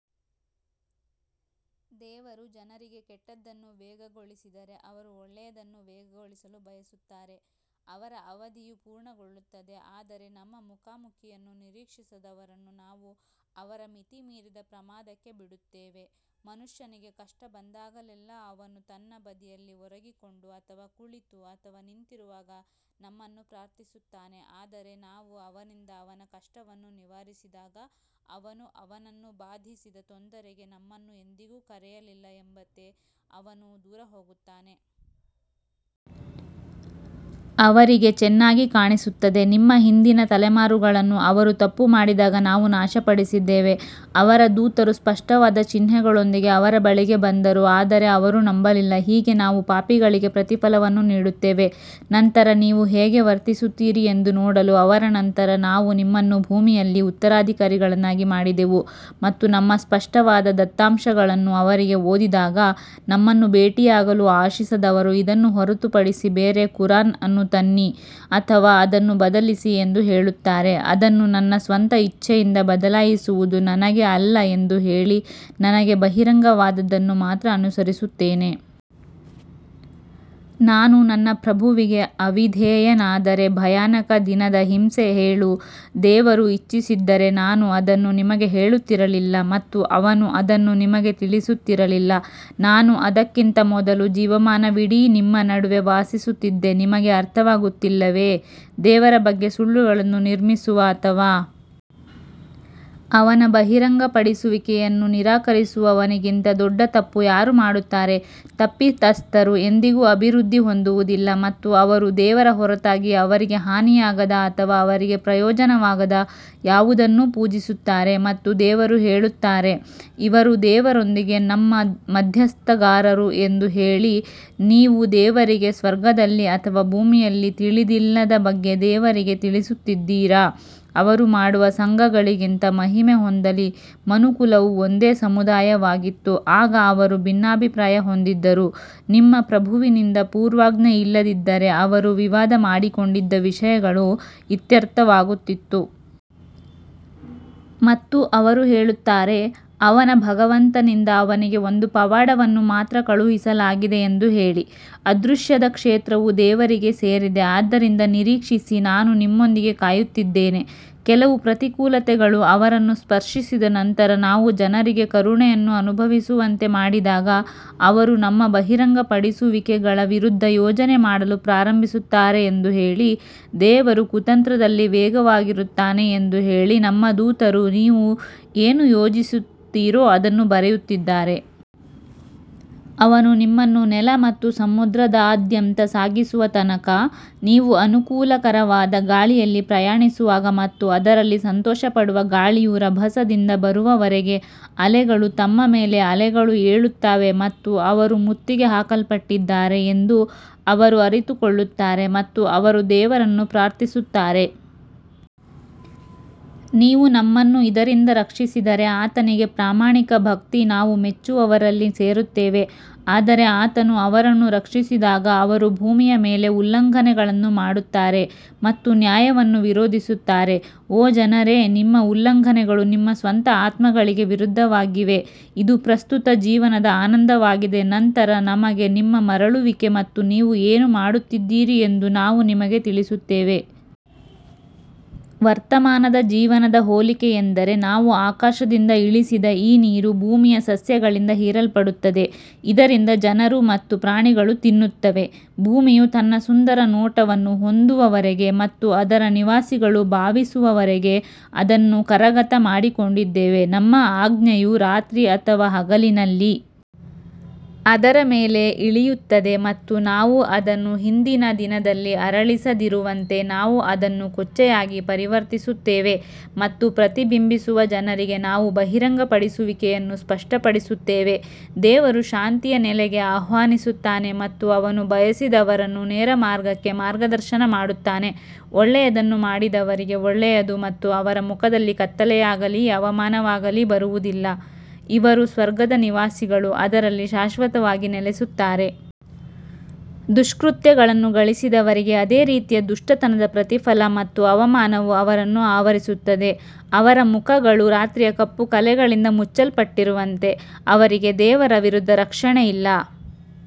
ದೇವರು ಜನರಿಗೆ ಕೆಟ್ಟದ್ದನ್ನು ವೇಗಗೊಳಿಸಿದರೆ ಅವರು ಒಳ್ಳೆಯದನ್ನು ವೇಗಗೊಳಿಸಲು ಬಯಸುತ್ತಾರೆ ಅವರ ಅವಧಿಯು ಪೂರ್ಣಗೊಳ್ಳುತ್ತದೆ ಆದರೆ ನಮ್ಮ ಮುಖಾಮುಖಿಯನ್ನು ನಿರೀಕ್ಷಿಸದವರನ್ನು ನಾವು ಅವರ ಮಿತಿಮೀರಿದ ಪ್ರಮಾದಕ್ಕೆ ಬಿಡುತ್ತೇವೆ. ಮನುಷ್ಯನಿಗೆ ಕಷ್ಟ ಬಂದಾಗಲೆಲ್ಲಾ ಅವನು ತನ್ನ ಬದಿಯಲ್ಲಿ ಒರಗಿಕೊಂಡು ಅಥವಾ ಕುಳಿತು ಅಥವಾ ನಿಂತಿರುವಾಗ ನಮ್ಮನ್ನು ಪ್ರಾರ್ಥಿಸುತ್ತಾನೆ ಆದರೆ ನಾವು ಅವನಿಂದ ಅವನ ಕಷ್ಟವನ್ನು ನಿವಾರಿಸಿದಾಗ ಅವನು ಅವನನ್ನು ಬಾಧಿಸಿದ ತೊಂದರೆಗೆ ನಮ್ಮನ್ನು ಎಂದಿಗೂ ಕರೆಯಲಿಲ್ಲ ಎಂಬಂತೆ ಅವನು ದೂರ ಹೋಗುತ್ತಾನೆ. ಅವರಿಗೆ ಚೆನ್ನಾಗಿ ಕಾಣಿಸುತ್ತದೆ ನಿಮ್ಮ ಹಿಂದಿನ ತಲೆಮಾರುಗಳನ್ನು ಅವರು ತಪ್ಪು ಮಾಡಿದಾಗ ನಾವು ನಾಶಪಡಿಸಿದ್ದೇವೆ ಅವರ ದೂತರು ಸ್ಪಷ್ಟವಾದ ಚಿಹ್ನೆಗಳೊಂದಿಗೆ ಅವರ ಬಳಿಗೆ ಬಂದರು ಆದರೆ ಅವರು ನಂಬಲಿಲ್ಲ ಹೀಗೆ ನಾವು ಪಾಪಿಗಳಿಗೆ ಪ್ರತಿಫಲವನ್ನು ನೀಡುತ್ತೇವೆ. ನಂತರ ನೀವು ಹೇಗೆ ವರ್ತಿಸುತ್ತೀರಿ ಎಂದು ನೋಡಲು ಅವರ ನಂತರ ನಾವು ನಿಮ್ಮನ್ನು ಭೂಮಿಯಲ್ಲಿ ಉತ್ತರಾಧಿಕಾರಿಗಳನ್ನಾಗಿ ಮಾಡಿದೆವು ಮತ್ತು ನಮ್ಮ ಸ್ಪಷ್ಟವಾದ ದತ್ತಾಂಶಗಳನ್ನು ಅವರಿಗೆ ಓದಿದಾಗ, ನಮ್ಮನ್ನು ಭೇಟಿಯಾಗಲು ಆಶಿಸದವರು ಇದನ್ನು ಹೊರತುಪಡಿಸಿ ಬೇರೆ ಕುರಾನ್ ಅನ್ನು ತನ್ನಿ ಅಥವಾ ಅದನ್ನು ಬದಲಿಸಿ ಎಂದು ಹೇಳುತ್ತಾರೆ, ಅದನ್ನು ನನ್ನ ಸ್ವಂತ ಇಚ್ಛೆಯಿಂದ ಬದಲಾಯಿಸುವುದು ನನಗೆ ಅಲ್ಲ ಎಂದು ಹೇಳಿ ನನಗೆ ಬಹಿರಂಗವಾದದ್ದನ್ನು ಮಾತ್ರ ಅನುಸರಿಸುತ್ತೇನೆ. ನಾನು ನನ್ನ ಪ್ರಭುವಿಗೆ ಅವಿಧೇಯನಾದರೆ ಭಯಾನಕ ದಿನದ ಹಿಂಸೆ ಹೇಳು ದೇವರು ಇಚ್ಛಿಸಿದ್ದರೆ ನಾನು ಅದನ್ನು ನಿಮಗೆ ಹೇಳುತ್ತಿರಲಿಲ್ಲ ಮತ್ತು ಅವನು ಅದನ್ನು ನಿಮಗೆ ತಿಳಿಸುತ್ತಿರಲಿಲ್ಲ ನಾನು ಅದಕ್ಕಿಂತ ಮೊದಲು ಜೀವಮಾನವಿಡೀ ನಿಮ್ಮ ನಡುವೆ ವಾಸಿಸುತ್ತಿದ್ದೆ ನಿಮಗೆ ಅರ್ಥವಾಗುತ್ತಿಲ್ಲವೇ? ದೇವರ ಬಗ್ಗೆ ಸುಳ್ಳುಗಳನ್ನು ನಿರ್ಮಿಸುವ ಅಥವಾ ಅವನ ಬಹಿರಂಗಪಡಿಸುವಿಕೆಯನ್ನು ನಿರಾಕರಿಸುವವನಿಗಿಂತ ದೊಡ್ಡ ತಪ್ಪು ಯಾರು ಮಾಡುತ್ತಾರೆ, ತಪ್ಪಿತಸ್ಥರು ಎಂದಿಗೂ ಅಭಿವೃದ್ಧಿ ಹೊಂದುವುದಿಲ್ಲ ಮತ್ತು ಅವರು ದೇವರ ಹೊರತಾಗಿ ಅವರಿಗೆ ಹಾನಿಯಾಗದ ಅಥವಾ ಅವರಿಗೆ ಪ್ರಯೋಜನವಾಗದ ಯಾವುದನ್ನೂ ಪೂಜಿಸುತ್ತಾರೆ ಮತ್ತು ಅವರು ಹೇಳುತ್ತಾರೆ ಇವರು ದೇವರೊಂದಿಗೆ ನಮ್ಮ ಮಧ್ಯಸ್ಥಗಾರರು ಎಂದು ಹೇಳಿ, ನೀವು ದೇವರಿಗೆ ಸ್ವರ್ಗದಲ್ಲಿ ಅಥವಾ ಭೂಮಿಯಲ್ಲಿ ತಿಳಿದಿಲ್ಲದ ಬಗ್ಗೆ ದೇವರಿಗೆ ತಿಳಿಸುತ್ತಿದ್ದೀರಾ ಅವರು ಮಾಡುವ ಸಂಘಗಳಿಗಿಂತ ಮಹಿಮೆ ಹೊಂದಲಿ ಮನುಕುಲವು ಒಂದೇ ಸಮುದಾಯವಾಗಿತ್ತು ಆಗ ಅವರು ಭಿನ್ನಾಭಿಪ್ರಾಯ ಹೊಂದಿದ್ದರು, ನಿಮ್ಮ ಪ್ರಭುವಿನಿಂದ ಪೂರ್ವಾಜ್ಞೆ ಇಲ್ಲದಿದ್ದರೆ ಅವರು ವಿವಾದ ಮಾಡಿಕೊಂಡಿದ್ದ ವಿಷಯಗಳು ಇತ್ಯರ್ಥವಾಗುತ್ತಿತ್ತು. ಮತ್ತು ಅವರು ಹೇಳುತ್ತಾರೆ, ಅವನ ಭಗವಂತನಿಂದ ಅವನಿಗೆ ಒಂದು ಪವಾಡವನ್ನು ಮಾತ್ರ ಕಳುಹಿಸಲಾಗಿದೆ ಎಂದು ಹೇಳಿ, ಅದೃಶ್ಯದ ಕ್ಷೇತ್ರವು ದೇವರಿಗೆ ಸೇರಿದೆ ಆದ್ದರಿಂದ ನಿರೀಕ್ಷಿಸಿ ನಾನು ನಿಮ್ಮೊಂದಿಗೆ ಕಾಯುತ್ತಿದ್ದೇನೆ. ಕೆಲವು ಪ್ರತಿಕೂಲತೆಗಳು ಅವರನ್ನು ಸ್ಪರ್ಶಿಸಿದ ನಂತರ ನಾವು ಜನರಿಗೆ ಕರುಣೆಯನ್ನು ಅನುಭವಿಸುವಂತೆ ಮಾಡಿದಾಗ ಅವರು ನಮ್ಮ ಬಹಿರಂಗಪಡಿಸುವಿಕೆಗಳ ವಿರುದ್ಧ ಯೋಜನೆ ಮಾಡಲು ಪ್ರಾರಂಭಿಸುತ್ತಾರೆ ಎಂದು ಹೇಳಿ, ದೇವರು ಕುತಂತ್ರದಲ್ಲಿ ವೇಗವಾಗಿರುತ್ತಾನೆ ಎಂದು ಹೇಳಿ ನಮ್ಮ ದೂತರು ನೀವು ಏನು ಯೋಜಿಸುತ್ತೀರೋ ಅದನ್ನು ಬರೆಯುತ್ತಿದ್ದಾರೆ. ಅವನು ನಿಮ್ಮನ್ನು ನೆಲ ಮತ್ತು ಸಮುದ್ರದಾದ್ಯಂತ ಸಾಗಿಸುವ ತನಕ, ನೀವು ಅನುಕೂಲಕರವಾದ ಗಾಳಿಯಲ್ಲಿ ಪ್ರಯಾಣಿಸುವಾಗ ಮತ್ತು ಅದರಲ್ಲಿ ಸಂತೋಷಪಡುವ ಗಾಳಿಯು ರಭಸದಿಂದ ಬರುವವರೆಗೆ ಅಲೆಗಳು ತಮ್ಮ ಮೇಲೆ ಅಲೆಗಳು ಏಳುತ್ತವೆ ಮತ್ತು ಅವರು ಮುತ್ತಿಗೆ ಹಾಕಲ್ಪಟ್ಟಿದ್ದಾರೆ ಎಂದು ಅವರು ಅರಿತುಕೊಳ್ಳುತ್ತಾರೆ ಮತ್ತು ಅವರು ದೇವರನ್ನು ಪ್ರಾರ್ಥಿಸುತ್ತಾರೆ. ನೀವು ನಮ್ಮನ್ನು ಇದರಿಂದ ರಕ್ಷಿಸಿದರೆ ಆತನಿಗೆ ಪ್ರಾಮಾಣಿಕ ಭಕ್ತಿ ನಾವು ಮೆಚ್ಚುವವರಲ್ಲಿ ಸೇರುತ್ತೇವೆ ಆದರೆ ಆತನು ಅವರನ್ನು ರಕ್ಷಿಸಿದಾಗ ಅವರು ಭೂಮಿಯ ಮೇಲೆ ಉಲ್ಲಂಘನೆಗಳನ್ನು ಮಾಡುತ್ತಾರೆ ಮತ್ತು ನ್ಯಾಯವನ್ನು ವಿರೋಧಿಸುತ್ತಾರೆ ಓ ಜನರೇ ನಿಮ್ಮ ಉಲ್ಲಂಘನೆಗಳು ನಿಮ್ಮ ಸ್ವಂತ ಆತ್ಮಗಳಿಗೆ ವಿರುದ್ಧವಾಗಿವೆ ಇದು ಪ್ರಸ್ತುತ ಜೀವನದ ಆನಂದವಾಗಿದೆ ನಂತರ ನಮಗೆ ನಿಮ್ಮ ಮರಳುವಿಕೆ ಮತ್ತು ನೀವು ಏನು ಮಾಡುತ್ತಿದ್ದೀರಿ ಎಂದು ನಾವು ನಿಮಗೆ ತಿಳಿಸುತ್ತೇವೆ. ವರ್ತಮಾನದ ಜೀವನದ ಹೋಲಿಕೆಯೆಂದರೆ ನಾವು ಆಕಾಶದಿಂದ ಇಳಿಸಿದ ಈ ನೀರು ಭೂಮಿಯ ಸಸ್ಯಗಳಿಂದ ಹೀರಲ್ಪಡುತ್ತದೆ, ಇದರಿಂದ ಜನರು ಮತ್ತು ಪ್ರಾಣಿಗಳು ತಿನ್ನುತ್ತವೆ, ಭೂಮಿಯು ತನ್ನ ಸುಂದರ ನೋಟವನ್ನು ಹೊಂದುವವರೆಗೆ ಮತ್ತು ಅದರ ನಿವಾಸಿಗಳು ಭಾವಿಸುವವರೆಗೆ ಅದನ್ನು ಕರಗತ ಮಾಡಿಕೊಂಡಿದ್ದೇವೆ ನಮ್ಮ ಆಜ್ಞೆಯು ರಾತ್ರಿ ಅಥವಾ ಹಗಲಿನಲ್ಲಿ ಅದರ ಮೇಲೆ ಇಳಿಯುತ್ತದೆ ಮತ್ತು ನಾವು ಅದನ್ನು ಹಿಂದಿನ ದಿನದಲ್ಲಿ ಅರಳಿಸದಿರುವಂತೆ ನಾವು ಅದನ್ನು ಕೊಚ್ಚೆಯಾಗಿ ಪರಿವರ್ತಿಸುತ್ತೇವೆ ಮತ್ತು ಪ್ರತಿಬಿಂಬಿಸುವ ಜನರಿಗೆ ನಾವು ಬಹಿರಂಗಪಡಿಸುವಿಕೆಯನ್ನು ಸ್ಪಷ್ಟಪಡಿಸುತ್ತೇವೆ ದೇವರು ಶಾಂತಿಯ ನೆಲೆಗೆ ಆಹ್ವಾನಿಸುತ್ತಾನೆ ಮತ್ತು ಅವನು ಬಯಸಿದವರನ್ನು ನೇರ ಮಾರ್ಗಕ್ಕೆ ಮಾರ್ಗದರ್ಶನ ಮಾಡುತ್ತಾನೆ ಒಳ್ಳೆಯದನ್ನು ಮಾಡಿದವರಿಗೆ ಒಳ್ಳೆಯದು ಮತ್ತು ಅವರ ಮುಖದಲ್ಲಿ ಕತ್ತಲೆಯಾಗಲೀ ಅವಮಾನವಾಗಲೀ ಬರುವುದಿಲ್ಲ, ಇವರು ಸ್ವರ್ಗದ ನಿವಾಸಿಗಳು ಅದರಲ್ಲಿ ಶಾಶ್ವತವಾಗಿ ನೆಲೆಸುತ್ತಾರೆ. ದುಷ್ಕೃತ್ಯಗಳನ್ನು ಗಳಿಸಿದವರಿಗೆ ಅದೇ ರೀತಿಯ ದುಷ್ಟತನದ ಪ್ರತಿಫಲ ಮತ್ತು ಅವಮಾನವು ಅವರನ್ನು ಆವರಿಸುತ್ತದೆ, ಅವರ ಮುಖಗಳು ರಾತ್ರಿಯ ಕಪ್ಪು ಕಲೆಗಳಿಂದ ಮುಚ್ಚಲ್ಪಟ್ಟಿರುವಂತೆ ಅವರಿಗೆ ದೇವರ ವಿರುದ್ಧ ರಕ್ಷಣೆಯಿಲ್ಲ..